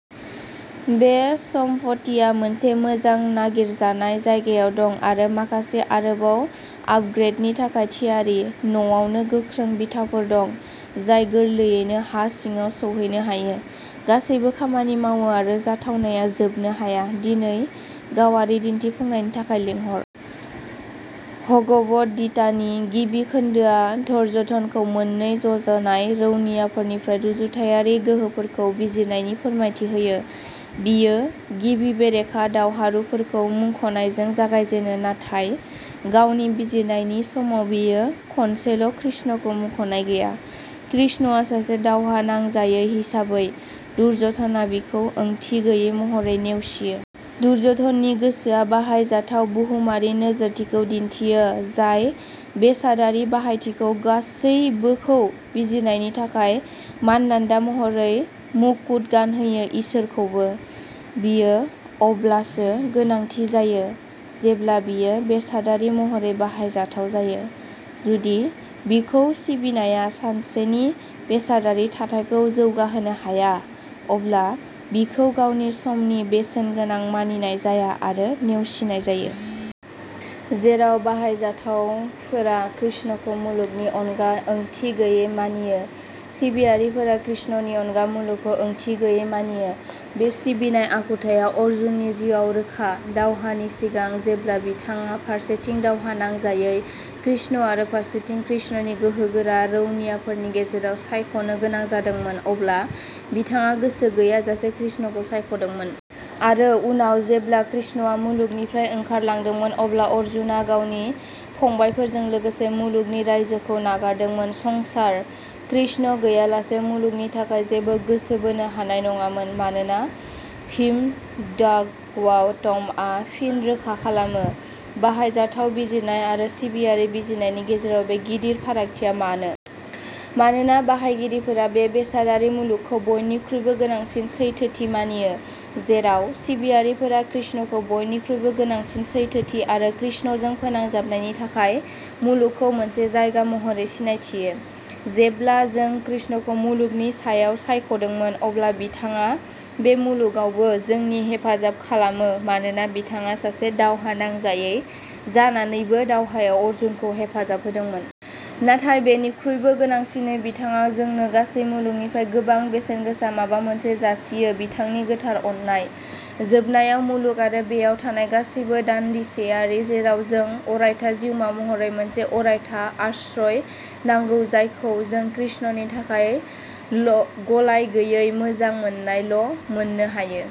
बे सम्फथिया मोनसे मोजां नागिरजानाय जायगायाव दं आरो माखासे आरोबाव आपग्रेडनि थाखाय थियारि। न'आवनो गोख्रों बिथाफोर दं, जाय गोरलैयैनो हा सिङाव सौहैनो हायो। गासैबो खामानि मावो आरो जाथावनाया जोबनो हाया। दिनै गावारि दिन्थिफुंनायनि थाखाय लिंहर। भगबद्गीतानि गिबि खोन्दोआ दुर्योधनखौ मोन्नै ज'जानाय रौनियाफोरनि रुजुथायारि गोहोफोरखौ बिजिरनायनि फोरमायथि होयो। बियो गिबि बेरेखा दावहारुफोरखौ मुंख'नायजों जागायजेनो, नाथाय गावनि बिजिरनायनि समाव, बियो खनसेल'कृष्णखौ मुंख'नाय गैया। कृष्णआ सासे दावहा नांजायै हिसाबै, दुर्य'धनआ बिखौ ओंथि गैयै महरै नेवसियो। दुर्य'धननि गोसोआ बाहायजाथाव बुहुमारि नोजोरथिखौ दिन्थियो, जाय बेसादारि बाहायथिखौ गासैबोखौ बिजिरनायनि थाखाय मानदान्दा महरै मुकुट गानहोयो-इसोरखौबो। बियो अब्लासो गोनांथि जायो जेब्ला बियो बेसादारि महरै बाहायजाथाव जायो। जुदि बिखौ सिबिनाया सासेनि बेसादारि थाथायखौ जौगाहोनो हाया, अब्ला बिखौ गावनि समनि बेसेनगोनां मानिनाय जाया आरो नेवसिनाय जायो। जेराव बाहायजाथावफोरा कृष्णखौ मुलुगनि अनगा ओंथि गैयै मानियो, सिबियारिफोरा कृष्णनि अनगा मुलुगखौ ओंथि गैयै मानियो। बे सिबिनाय आखुथाया अर्जुननि जिउआव रोखा। दावहानि सिगां, जेब्ला बिथाङा फारसेथिं दावहा नांजायै कृष्ण आरो फारसेथिं कृष्णनि गोहो गोरा रौनियाफोरनि गेजेराव सायख'नो गोनां जादोंमोन, अब्ला बिथाङा गोसो गैयाजासे कृष्णखौ सायख'दोंमोन। आरो उनाव जेब्ला कृष्णआ मुलुगनिफ्राय ओंखारलांदोंमोन, अब्ला अर्जुनआ गावनि फंबायफोरजों लोगोसे मुलुगनि रायजोखौ नागारदोंमोन। संसार, कृष्ण गैयालासे मुलुगनि थाखाय जेबो गोसो बोनो हानाय नङामोन, मानोना श्रीमद्भागवतम आ फिन रोखा खालामो। बाहायजाथाव बिजिरनाय आरो सिबियारि बिजिरनायनि गेजेराव बे गिदिर फारागथिया मानो? मानोना बाहायगिरिफोरा बे बेसादारि मुलुगखौ बयनिख्रुइबो गोनांसिन सैथोथि मानियो, जेराव सिबियारिफोरा कृष्णखौ बयनिख्रुइबो गोनांसिन सैथोथि आरो कृष्णजों फोनांजाबनायनि थाखाय मुलुगखौ मोनसे जायगा महरै सिनायथियो। जेब्ला जों कृष्णखौ मुलुगनि सायाव सायख'दोंमोन, अब्ला बिथाङा बे मुलुगावबो जोंनि हेफाजाब खालामो, मानोना बिथाङा सासे दावहा नांजायै जानानैबो दावहायाव अर्जुनखौ हेफाजाब होदोंमोन। नाथाय बेनिख्रुइबो गोनांसिनै बिथाङा जोंनो गासै मुलुगनिख्रुइ गोबां बेसेनगोसा माबा मोनसे जासियो-बिथांनि गोथार अननाय। जोबनायाव, मुलुग आरो बेयाव थानाय गासैबो दानदिसेयारि, जेराव जों अरायथा जिउमा महरै मोनसे अरायथा आश्रय नांगौ, जायखौ जों कृष्णनि थाखाय गलायगैयै मोजां मोननायावल'मोननो हायो।